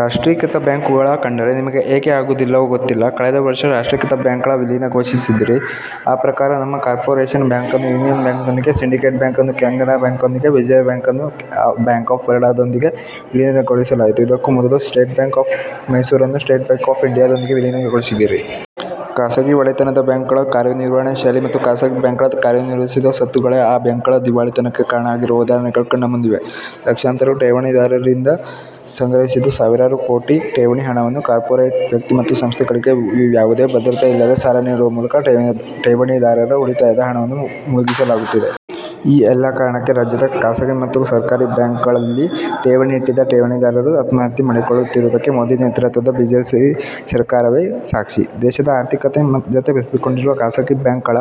ರಾಷ್ಟ್ರೀಕೃತ ಬ್ಯಾಂಕ್ಗಳನ್ನು ಕಂಡರೆ ನಿಮಗೆ ಏಕೆ ಆಗುವುದಿಲ್ಲವೋ ಗೊತ್ತಿಲ್ಲ. ಕಳೆದ ವರ್ಷ ರಾಷ್ಟ್ರಿಕೃತ ಬ್ಯಾಂಕ್ಗಳ ವಿಲೀನ ಘೋಷಿಸಿದಿರಿ. ಆ ಪ್ರಕಾರ ನಮ್ಮ ಕಾರ್ಪೋರೇಷನ್ ಬ್ಯಾಂಕನ್ನು ಯೂನಿಯನ್ ಬ್ಯಾಂಕ್ನೊಂದಿಗೆ, ಸಿಂಡಿಕೇಟ್ ಬ್ಯಾಂಕನ್ನು ಕೆನರಾ ಬ್ಯಾಂಕ್ನೊಂದಿಗೆ, ವಿಜಯ ಬ್ಯಾಂಕನ್ನು ಬ್ಯಾಂಕ್ ಆಫ್ ಬರೋಡದೊಂದಿಗೆ ವಿಲೀನಗೊಳಿಸಲಾಯಿತು. ಇದಕ್ಕೂ ಮೊದಲು ಸ್ಟೇಟ್ ಬ್ಯಾಂಕ್ ಆಫ್ ಮೈಸೂರನ್ನು ಸ್ಟೇಟ್ ಬ್ಯಾಂಕ್ ಆಫ್ ಇಂಡಿಯಾದೊಂದಿಗೆ ವಿಲೀನಗೊಳಿಸಿದಿರಿ. ಖಾಸಗಿ ಒಡೆತನದ ಬ್ಯಾಂಕ್ಗಳ ಕಾರ್ಯನಿರ್ವಹಣೆ ಶೈಲಿ ಮತ್ತು ಖಾಸಗಿ ಬ್ಯಾಂಕ್ಗಳ ಕಾರ್ಯನಿರ್ವಹಿಸದ ಸ್ವತ್ತುಗಳೇ ಆ ಬ್ಯಾಂಕ್ಗಳ ದಿವಾಳಿತನಕ್ಕೆ ಕಾರಣ ಆಗಿರುವ ಉದಾಹರಣೆಗಳು ಕಣ್ಣ ಮುಂದಿವೆ. ಲಕ್ಷಾಂತರ ಠೇವಣಿದಾರರರಿಂದ ಸಂಗ್ರಹಿಸಿದ ಸಾವಿರಾರು ಕೋಟಿ ಠೇವಣಿ ಹಣವನ್ನು ಕಾರ್ಪೋರೇಟ್ ವ್ಯಕ್ತಿ ಮತ್ತು ಸಂಸ್ಥೆಗಳಿಗೆ ಯಾವುದೇ ಭದ್ರತೆ ಇಲ್ಲದೆ ಸಾಲ ನೀಡುವ ಮೂಲಕ ಠೇವಣಿದಾರರ ಉಳಿತಾಯದ ಹಣವನ್ನು ಮುಳುಗಿಸಲಾಗುತ್ತಿದೆ. ಈ ಎಲ್ಲಾ ಕಾರಣಕ್ಕೆ ರಾಜ್ಯದ ಖಾಸಗಿ ಮತ್ತು ಸಹಕಾರಿ ಬ್ಯಾಂಕ್ಗಳಲ್ಲಿ ಠೇವಣಿ ಇಟ್ಟಿದ್ದ ಠೇವಣಿದಾರರು ಆತ್ಮಹತ್ಯೆ ಮಾಡಿಕೊಳ್ಳುತ್ತಿರುವುದಕ್ಕೆ ಮೋದಿ ನೇತೃತ್ವದ ಬಿಜೆಪಿ ಸರ್ಕಾರವೇ ಸಾಕ್ಷಿ. ದೇಶದ ಆರ್ಥಿಕತೆ ಜತೆ ಬೆಸೆದುಕೊಂಡಿರುವ ಖಾಸಗಿ ಬ್ಯಾಂಕ್ಗಳ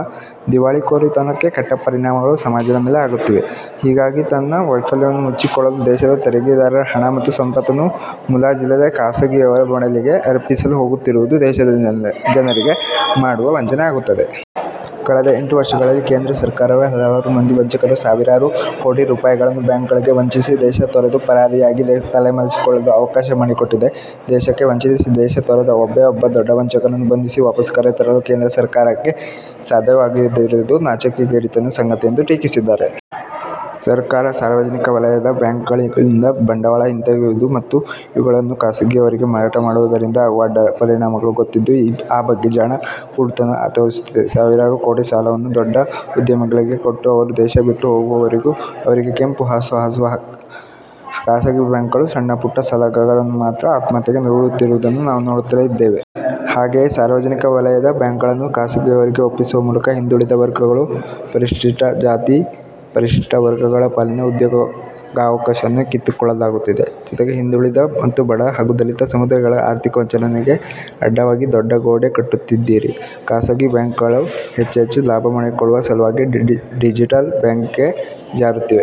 ದಿವಾಳಿಕೋರತನದ ಕೆಟ್ಟ ಪರಿಣಾಮಗಳು ಸಮಾಜದ ಮೇಲೆ ಆಗುತ್ತಿವೆ. ಹೀಗಾಗಿ ತನ್ನ ವೈಫಲ್ಯವನ್ನು ಮುಚ್ಚಿಕೊಳ್ಳಲು ದೇಶದ ತೆರಿಗೆದಾರರ ಹಣ ಮತ್ತು ಸಂಪತ್ತನ್ನು ಮುಲಾಜಿಲ್ಲದೆ ಖಾಸಗಿಯವರ ಮಡಿಲಿಗೆ ಅರ್ಪಿಸಲು ಹೋಗುತ್ತಿರುವುದು ದೇಶದ ಜನರಿಗೆ ಮಾಡುವ ವಂಚನೆ ಆಗುತ್ತದೆ. ಕಳೆದ ಎಂಟು ವರ್ಷಗಳಲ್ಲಿ ಕೇಂದ್ರ ಸರ್ಕಾರವೇ ಹಲವಾರು ಮಂದಿ ವಂಚಕರು ಸಾವಿರಾರು ಕೋಟಿ ರೂಪಾಯಿಗಳನ್ನು ಬ್ಯಾಂಕ್ಗಳಿಗೆ ವಂಚಿಸಿ ದೇಶ ತೊರೆದು ಪರಾರಿಯಾಗಿ ತಲೆಮರೆಸಿಕೊಳ್ಳಲು ಅವಕಾಶ ಮಾಡಿಕೊಟ್ಟಿದೆ. ದೇಶಕ್ಕೆ ವಂಚಿಸಿ ದೇಶ ತೊರೆದ ಒಬ್ಬೇ ಒಬ್ಬ ದೊಡ್ಡ ವಂಚಕನನ್ನೂ ಬಂಧಿಸಿ ವಾಪಾಸ್ ಕರೆತರಲು ಕೇಂದ್ರ ಸರ್ಕಾರಕ್ಕೆ ಸಾಧ್ಯವಾಗದಿರುವುದು ನಾಚಿಕೆಗೇಡಿನ ಸಂಗತಿ ಎಂದು ಟೀಕಿಸಿದ್ದಾರೆ. ಸರ್ಕಾರ ಸಾರ್ವಜನಿಕ ವಲಯದ ಬ್ಯಾಂಕ್ಗಳಿಂದ ಬಂಡವಾಳ ಹಿಂತೆಗೆಯುವುದು ಮತ್ತು ಇವುಗಳನ್ನು ಖಾಸಗಿಯವರಿಗೆ ಮಾರಾಟ ಮಾಡುವುದರಿಂದ ಆಗುವ ಅಡ್ಡ ಪರಿಣಾಮಗಳು ಗೊತ್ತಿದ್ದೂ ಆ ಬಗ್ಗೆ ಜಾಣ ಕುರುಡುತನ ತೋರಿಸುತ್ತಿದೆ. ಸಾವಿರಾರು ಕೋಟಿ ಸಾಲವನ್ನು ದೊಡ್ಡ ಉದ್ಯಮಿಗಳಿಗೆ ಕೊಟ್ಟು ಅವರು ದೇಶ ಬಿಟ್ಟು ಹೋಗುವವರೆಗೂ ಅವರಿಗೆ ಕೆಂಪು ಹಾಸು ಹಾಸುವ ಖಾಸಗಿ ಬ್ಯಾಂಕ್ಗಳು ಸಣ್ಣ ಪುಟ್ಟ ಸಾಲಗಾರರನ್ನು ಮಾತ್ರ ಆತ್ಮಹತ್ಯೆಗೆ ದೂಡುತ್ತಿರುವುದನ್ನು ನಾವು ನೋಡುತ್ತಲೇ ಇದ್ದೇವೆ. ಹಾಗೆಯೇ ಸಾರ್ವಜನಿಕ ವಲಯದ ಬ್ಯಾಂಕ್ಗಳನ್ನು ಖಾಸಗಿಯವರಿಗೆ ಒಪ್ಪಿಸುವ ಮೂಲಕ ಹಿಂದುಳಿದ ವರ್ಗಗಳು, ಪರಿಶಿಷ್ಠ ಜಾತಿ, ಪರಿಶಿಷ್ಠ ವರ್ಗಗಳ ಪಾಲಿನ ಉದ್ಯೋಗಾವಕಾಶಗಳನ್ನೂ ಕಿತ್ತುಕೊಳ್ಳಲಾಗುತ್ತಿದೆ. ಜತೆಗೆ ಹಿಂದುಳಿದ ಮತ್ತು ಬಡ ಹಗೂ ದಲಿತ ಸಮುದಾಯಗಳ ಆರ್ಥಿಕ ಚಲನೆಗೆ ಅಡ್ಡವಾಗಿ ದೊಡ್ಡ ಗೋಡೆ ಕಟ್ಟುತ್ತಿದ್ದೀರಿ. ಖಾಸಗಿ ಬ್ಯಾಂಕ್ಗಳು ಹೆಚ್ಚೆಚ್ಚು ಲಾಭ ಮಾಡಿಕೊಳ್ಳುವ ಸಲುವಾಗಿ ಡಿಜಟಲ್ ಬ್ಯಾಂಕಿಂಗ್ಗೆ ಜಾರುತ್ತಿವೆ.